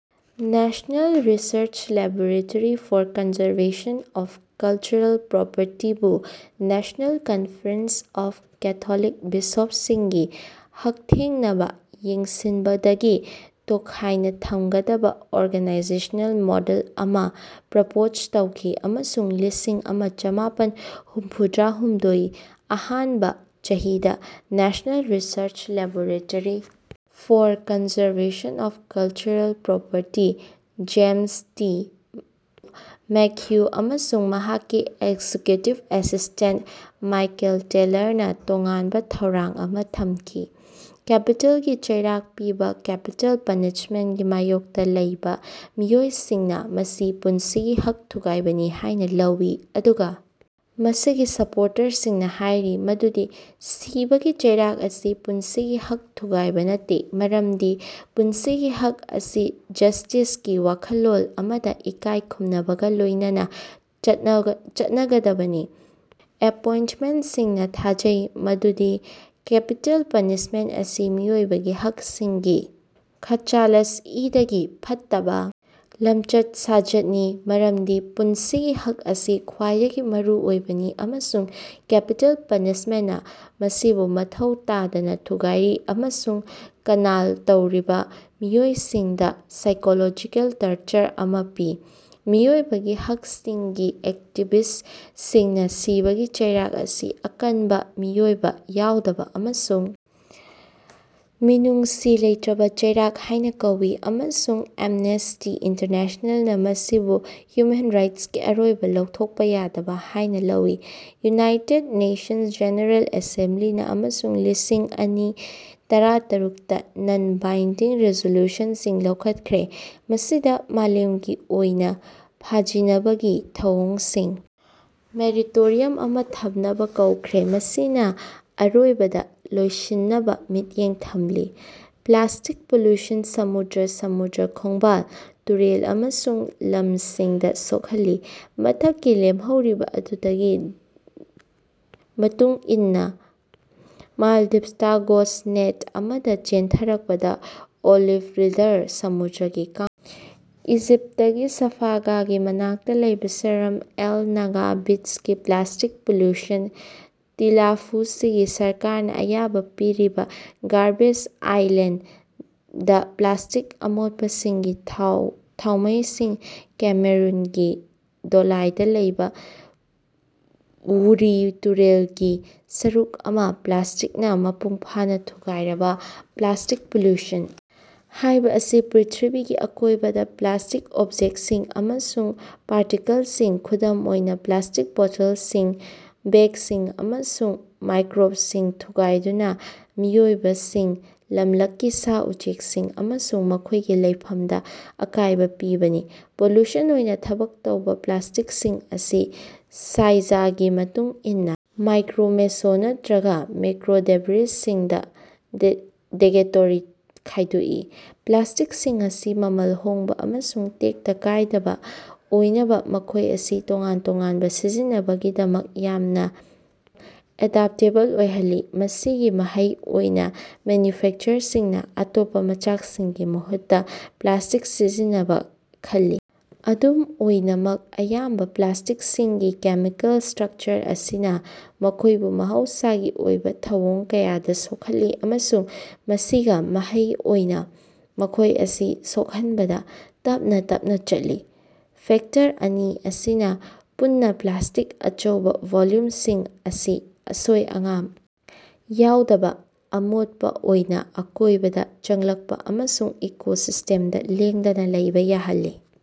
National research laboratory for conservation of cultural ꯄ꯭ꯔꯣꯄꯔꯇꯤꯕꯨ national conference of Catholic ꯕꯤꯁꯣꯞꯁꯤꯡꯒꯤ ꯍꯛꯊꯦꯡꯅꯕꯥ ꯌꯦꯡꯁꯤꯟꯕꯗꯒꯤ ꯇꯣꯈꯥꯏꯅꯥ ꯊꯝꯒꯗꯕꯥ ꯑꯣꯔꯒꯥꯅꯥꯏꯖꯦꯁꯅꯦꯜ ꯃꯣꯗꯦꯜ ꯑꯃꯥ ꯄ꯭ꯔꯄꯣꯖ ꯇꯧꯈꯤ ꯑꯃꯁꯨꯡ ꯂꯤꯁꯤꯡ ꯑꯃ ꯆꯃꯥꯄꯟ ꯍꯨꯝꯗ꯭ꯔꯥ ꯍꯨꯝꯗꯣꯏ ꯑꯍꯥꯟꯕꯥ ꯆꯍꯤꯗꯥ national research laboratory for conservation of cultural property James T ꯃꯦꯀꯍꯨ ꯑꯃꯁꯨꯡ ꯃꯍꯥꯛꯀꯤ ꯑꯦꯛꯖꯤꯀ꯭ꯌꯨꯇꯤꯕ ꯑꯦꯁꯤꯁ꯭ꯇꯦꯟꯠ ꯃꯥꯏꯀꯦꯜ ꯇꯦꯂꯔꯅꯥ ꯇꯣꯉꯥꯟꯕꯥ ꯊꯧꯔꯥꯡ ꯑꯃꯥ ꯊꯝꯈꯤ꯫ ꯀꯦꯄꯤꯇꯦꯜꯒꯤ ꯆꯩꯔꯥꯛ ꯄꯤꯕ ꯀꯦꯄꯤꯇꯦꯜ ꯄꯅꯤꯁꯃꯦꯟꯠꯀꯤ ꯃꯥꯌꯣꯛꯇꯥ ꯂꯩꯕꯥ ꯃꯤꯑꯣꯏꯁꯤꯡꯅꯥ ꯃꯁꯤ ꯄꯨꯟꯁꯤꯒꯤ ꯍꯛ ꯊꯨꯒꯥꯏꯕꯅꯤ ꯍꯥꯏꯅꯥ ꯂꯧꯏ ꯑꯗꯨꯒꯥ ꯃꯁꯤꯒꯤ ꯁꯄꯣꯔꯇꯔꯁꯤꯡꯅꯥ ꯍꯥꯏꯔꯤ ꯃꯗꯨꯗꯤ ꯁꯤꯕꯒꯤ ꯆꯩꯔꯥꯛ ꯑꯁꯤ ꯄꯨꯟꯁꯤꯒꯤ ꯍꯛ ꯊꯨꯒꯥꯏꯕꯥ ꯅꯠꯇꯦ ꯃꯔꯝꯗꯤ ꯄꯨꯟꯁꯤꯒꯤ ꯍꯛ ꯑꯁꯤ ꯖꯁꯇꯤꯁꯀꯤ ꯋꯥꯈꯜꯂꯣꯟ ꯑꯃꯗꯥ ꯏꯀꯥꯏ ꯈꯨꯝꯅꯕꯒꯥ ꯂꯣꯏꯅꯅꯥ ꯆꯠꯅꯒꯗꯕꯅꯤ꯫ ꯑꯦꯄꯣꯏꯟꯠꯃꯦꯟꯠꯁꯤꯡꯅꯥ ꯊꯥꯖꯩ ꯃꯗꯨꯗꯤ ꯀꯦꯄꯤꯇꯦꯜ ꯄꯅꯤꯁꯃꯦꯟꯠ ꯑꯁꯤ ꯃꯤꯑꯣꯏꯕꯒꯤ ꯍꯛꯁꯤꯡꯒꯤ ꯈ꯭ꯆꯥꯂꯆ ꯏꯗꯒꯤ ꯐꯠꯇꯕꯥ ꯂꯝꯆꯠ ꯁꯥꯖꯠꯅꯤ ꯃꯔꯝꯗꯤ ꯄꯨꯟꯁꯤꯒꯤ ꯍꯛ ꯑꯁꯤ ꯈ꯭ꯋꯥꯏꯗꯒꯤ ꯃꯔꯨꯑꯣꯏꯕꯅꯤ ꯑꯃꯁꯨꯡ ꯀꯦꯄꯤꯇꯦꯜ ꯄꯅꯤꯁꯃꯦꯟꯠꯅꯥ ꯃꯁꯤꯕꯨ ꯃꯊꯧ ꯇꯥꯗꯅꯥ ꯊꯨꯒꯥꯏꯔꯤ ꯑꯃꯁꯨꯡ ꯀꯟꯅꯥꯜ ꯇꯧꯔꯕꯥ ꯃꯤꯑꯣꯏꯁꯤꯡꯗꯥ ꯁꯥꯏꯀꯣꯂꯣꯖꯤꯀꯦꯜ ꯇꯔꯆꯔ ꯑꯃꯥ ꯄꯤ꯫ ꯃꯤꯑꯣꯏꯕꯒꯤ ꯍꯛꯁꯤꯡꯒꯤ ꯑꯦꯛꯇꯤꯕꯤꯁ꯭ꯠꯁꯤꯡꯅꯥ ꯁꯤꯕꯒꯤ ꯆꯩꯔꯥꯛ ꯑꯁꯤ ꯑꯀꯟꯕ ꯃꯤꯑꯣꯏꯕꯥ ꯌꯥꯎꯗꯕ ꯑꯃꯁꯨꯡ ꯃꯤꯅꯨꯡꯁꯤ ꯂꯩꯇ꯭ꯔꯕꯥ ꯆꯩꯔꯥꯛ ꯍꯥꯏꯅ ꯀꯧꯏ ꯑꯃꯁꯨꯡ ꯑꯦꯝꯅꯦꯁ꯭ꯇꯤ ꯏꯟꯇꯔꯅꯦꯁꯅꯦꯜꯅꯥ ꯃꯁꯤꯕꯨ ꯍ꯭ꯌꯨꯃꯦꯟ ꯔꯥꯏꯠꯁꯀꯤ ꯑꯔꯣꯏꯕꯥ ꯂꯧꯊꯣꯛꯄ ꯌꯥꯗꯕꯥ ꯍꯥꯏꯅꯥ ꯂꯧꯏ꯫ ꯌꯨꯅꯥꯏꯇꯦꯗ ꯅꯦꯁꯟꯁ ꯖꯦꯅꯦꯔꯦꯜ ꯑꯦꯁꯦꯝꯕ꯭ꯂꯤꯅꯥ ꯑꯃꯁꯨꯡ ꯂꯤꯁꯤꯡ ꯑꯅꯤ ꯇꯔꯥꯇꯔꯨꯛꯇ ꯅꯟ ꯕꯥꯏꯟꯗꯤꯡ ꯔꯤꯖꯣꯂꯨꯁꯟꯁꯤꯡ ꯂꯧꯈꯠꯈ꯭ꯔꯦ ꯃꯁꯤꯗꯥ ꯃꯥꯂꯦꯝꯒꯤ ꯑꯣꯏꯅꯥ ꯐꯥꯖꯤꯅꯕꯒꯤ ꯊꯧꯑꯣꯡꯁꯤꯡ ꯃꯣꯔꯦꯇꯣꯔꯤꯌꯨꯝ ꯑꯃꯥ ꯊꯝꯅꯕꯥ ꯀꯧꯈ꯭ꯔꯦ ꯃꯁꯤꯅꯥ ꯑꯔꯣꯏꯕꯗꯥ ꯂꯣꯏꯁꯤꯟꯅꯕꯥ ꯃꯤꯠꯌꯦꯡ ꯊꯝꯂꯤ꯫ ꯄ꯭ꯂꯥꯁ꯭ꯇꯤꯛ ꯄꯣꯂꯨꯁꯟꯅꯥ ꯁꯃꯨꯗ꯭ꯔ ꯁꯃꯨꯗ꯭ꯔ ꯈꯣꯡꯕꯥꯜ ꯇꯨꯔꯦꯜ ꯑꯃꯁꯨꯡ ꯂꯝꯁꯤꯡꯗꯥ ꯁꯣꯛꯍꯜꯂꯤ꯫ ꯃꯊꯛꯀꯤ ꯂꯦꯝꯍꯧꯔꯤꯕꯥ ꯑꯗꯨꯗꯒꯤ ꯘꯗꯤꯒꯤ ꯃꯇꯨꯡ ꯏꯟꯅꯥ ꯃꯥꯜꯗꯤꯕꯁꯇꯥ ꯒꯣꯁ꯭ꯠ ꯅꯦꯠ ꯑꯃꯗꯥ ꯆꯦꯟꯊꯔꯛꯄꯥ ꯑꯣꯂꯤꯚ ꯔꯤꯗꯂꯤ ꯁꯃꯨꯗ꯭ꯔꯒꯤ ꯀꯥꯡꯕꯨ ꯏꯖꯤꯞꯇꯀꯤ ꯁꯥꯐꯥꯒꯥꯒꯤ ꯃꯅꯥꯛꯇꯥ ꯂꯩꯕꯥ ꯁꯔꯝ ꯑꯦꯜ ꯅꯥꯒꯥ ꯕꯤꯆꯀꯤ ꯄ꯭ꯂꯥꯁ꯭ꯇꯤꯛ ꯄꯣꯂꯨꯁꯟ꯫ ꯇꯤꯂꯥꯐꯨꯁꯤꯒꯤ ꯁꯔꯀꯥꯔꯅꯥ ꯑꯌꯥꯕꯥ ꯄꯤꯔꯕꯥ ꯒꯥꯔꯕꯦꯖ ꯑꯥꯏꯂꯦꯟꯗ ꯗꯥ ꯄ꯭ꯂꯥꯁ꯭ꯇꯤꯛ ꯑꯃꯣꯠꯄꯁꯤꯡꯒꯤ ꯊꯥꯎꯃꯩꯁꯤꯡ ꯀꯦꯃꯔꯨꯟꯒꯤ ꯗꯧꯂꯥꯗꯥ ꯂꯩꯕꯥ ꯋꯨꯔꯤ ꯇꯨꯔꯦꯜꯒꯤ ꯁꯔꯨꯛ ꯑꯃꯥ ꯄ꯭ꯂꯥꯁ꯭ꯇꯤꯛꯅꯥ ꯃꯄꯨꯡ ꯐꯥꯅꯥ ꯊꯨꯒꯥꯏꯔꯕꯥ꯫ ꯄ꯭ꯂꯥꯁ꯭ꯇꯤꯛ ꯄꯣꯂꯨꯁꯟ ꯍꯥꯏꯕꯁꯤ ꯄ꯭ꯔ꯭ꯤꯊꯤꯕꯤꯒꯤ ꯑꯀꯣꯏꯕꯗꯥ ꯄ꯭ꯂꯥꯁ꯭ꯇꯤꯛ ꯑꯣꯕꯖꯦꯛꯁꯤꯡ ꯑꯃꯁꯨꯡ ꯄꯥꯔꯇꯤꯀꯜꯁꯤꯡ ꯈꯨꯗꯝ ꯑꯣꯏꯅꯥ ꯄ꯭ꯂꯥꯁ꯭ꯇꯤꯛ ꯕꯣꯇꯜꯁꯤꯡ ꯕꯦꯒꯁꯤꯡ ꯑꯃꯁꯨꯡ ꯃꯥꯏꯀ꯭ꯔꯣꯕꯤꯗꯁꯤꯡ ꯊꯨꯒꯥꯏꯗꯨꯅꯥ ꯃꯤꯑꯣꯏꯕꯁꯤꯡ ꯂꯝꯂꯛꯀꯤ ꯁꯥ ꯎꯆꯦꯛꯁꯤꯡ ꯑꯃꯁꯨꯡ ꯃꯈꯣꯏꯒꯤ ꯂꯩꯐꯝꯗꯥ ꯑꯀꯥꯏꯕꯥ ꯄꯤꯕꯅꯤ꯫ ꯄꯣꯂꯨꯁꯟ ꯑꯣꯏꯅꯥ ꯊꯕꯛ ꯇꯧꯕꯥ ꯄ꯭ꯂꯥꯁ꯭ꯇꯤꯛꯁꯤꯡ ꯑꯁꯤ ꯁꯥꯏꯖꯒꯤ ꯃꯇꯨꯡ ꯏꯟꯅꯥ ꯃꯥꯏꯀ꯭ꯔꯣ ꯃꯦꯁꯣ ꯅꯠꯇ꯭ꯔꯒꯥ ꯃꯦꯀ꯭ꯔꯣ ꯗꯦꯕ꯭ꯔꯤꯁꯁꯤꯡꯗꯥ ꯀꯦꯇꯦꯒꯣꯔꯤ ꯈꯥꯌꯗꯣꯛꯏ꯫ ꯄ꯭ꯂꯥꯁ꯭ꯇꯤꯛꯁꯤꯡ ꯑꯁꯤ ꯃꯃꯜ ꯍꯣꯡꯕꯥ ꯑꯃꯁꯨꯡ ꯇꯦꯛꯇ ꯀꯥꯏꯗꯕꯥ ꯑꯣꯏꯕꯅꯥ ꯃꯈꯣꯏ ꯑꯁꯤ ꯇꯣꯉꯥꯟ ꯇꯣꯉꯥꯟꯕꯥ ꯁꯤꯖꯤꯟꯅꯅꯕꯒꯤꯗꯃꯛ ꯌꯥꯝꯅꯥ ꯑꯦꯗꯞꯇꯦꯕꯜ ꯑꯣꯏꯍꯜꯂꯤ ꯃꯁꯤꯒꯤ ꯃꯍꯩ ꯑꯣꯏꯅꯥ ꯃꯦꯅ꯭ꯌꯨꯐꯦꯛꯆꯔꯔꯁꯤꯡꯅꯥ ꯑꯇꯣꯞꯄꯥ ꯃꯆꯥꯛꯁꯤꯡꯒꯤ ꯃꯍꯨꯠꯇꯥ ꯄ꯭ꯂꯥꯁ꯭ꯇꯤꯛ ꯁꯤꯖꯤꯟꯅꯅꯕꯥ ꯈꯜꯂꯤ꯫ ꯑꯗꯨꯝ ꯑꯣꯏꯅꯃꯛ ꯑꯌꯥꯝꯕꯥ ꯄ꯭ꯂꯥꯁ꯭ꯇꯤꯛꯁꯤꯡꯒꯤ ꯀꯦꯃꯤꯀꯦꯜ ꯁ꯭ꯇ꯭ꯔꯛꯆꯔ ꯑꯁꯤꯅꯥ ꯃꯈꯣꯏꯕꯨ ꯃꯍꯧꯁꯥꯒꯤ ꯑꯣꯏꯕꯥ ꯊꯧꯑꯣꯡ ꯀꯌꯥꯗꯥ ꯁꯣꯛꯍꯜꯂꯤ ꯑꯃꯁꯨꯡ ꯃꯁꯤꯒꯤ ꯃꯍꯩ ꯑꯣꯏꯅꯥ ꯃꯈꯣꯏ ꯑꯁꯤ ꯁꯣꯛꯍꯟꯕꯗꯥ ꯇꯞꯅꯥ ꯇꯞꯅꯥ ꯆꯠꯂꯤ꯫ ꯐꯦꯛꯇꯔ ꯑꯅꯤ ꯑꯁꯤꯅꯥ ꯄꯨꯟꯅꯥ ꯄ꯭ꯂꯥꯁ꯭ꯇꯤꯛ ꯑꯆꯧꯕꯥ ꯚꯣꯜꯌꯨꯝꯁꯤꯡ ꯑꯁꯤ ꯑꯁꯣꯏ ꯑꯉꯥꯝ ꯌꯥꯎꯗꯕꯥ ꯑꯃꯣꯠꯄꯥ ꯑꯣꯏꯅꯥ ꯑꯀꯣꯏꯕꯗꯥ ꯆꯪꯂꯛꯄꯥ ꯑꯃꯁꯨꯡ ꯏꯀꯣꯁꯤꯁ꯭ꯇꯦꯝꯗꯥ ꯂꯦꯡꯗꯅꯥ ꯂꯩꯕꯥ ꯌꯥꯍꯜꯂꯤ꯫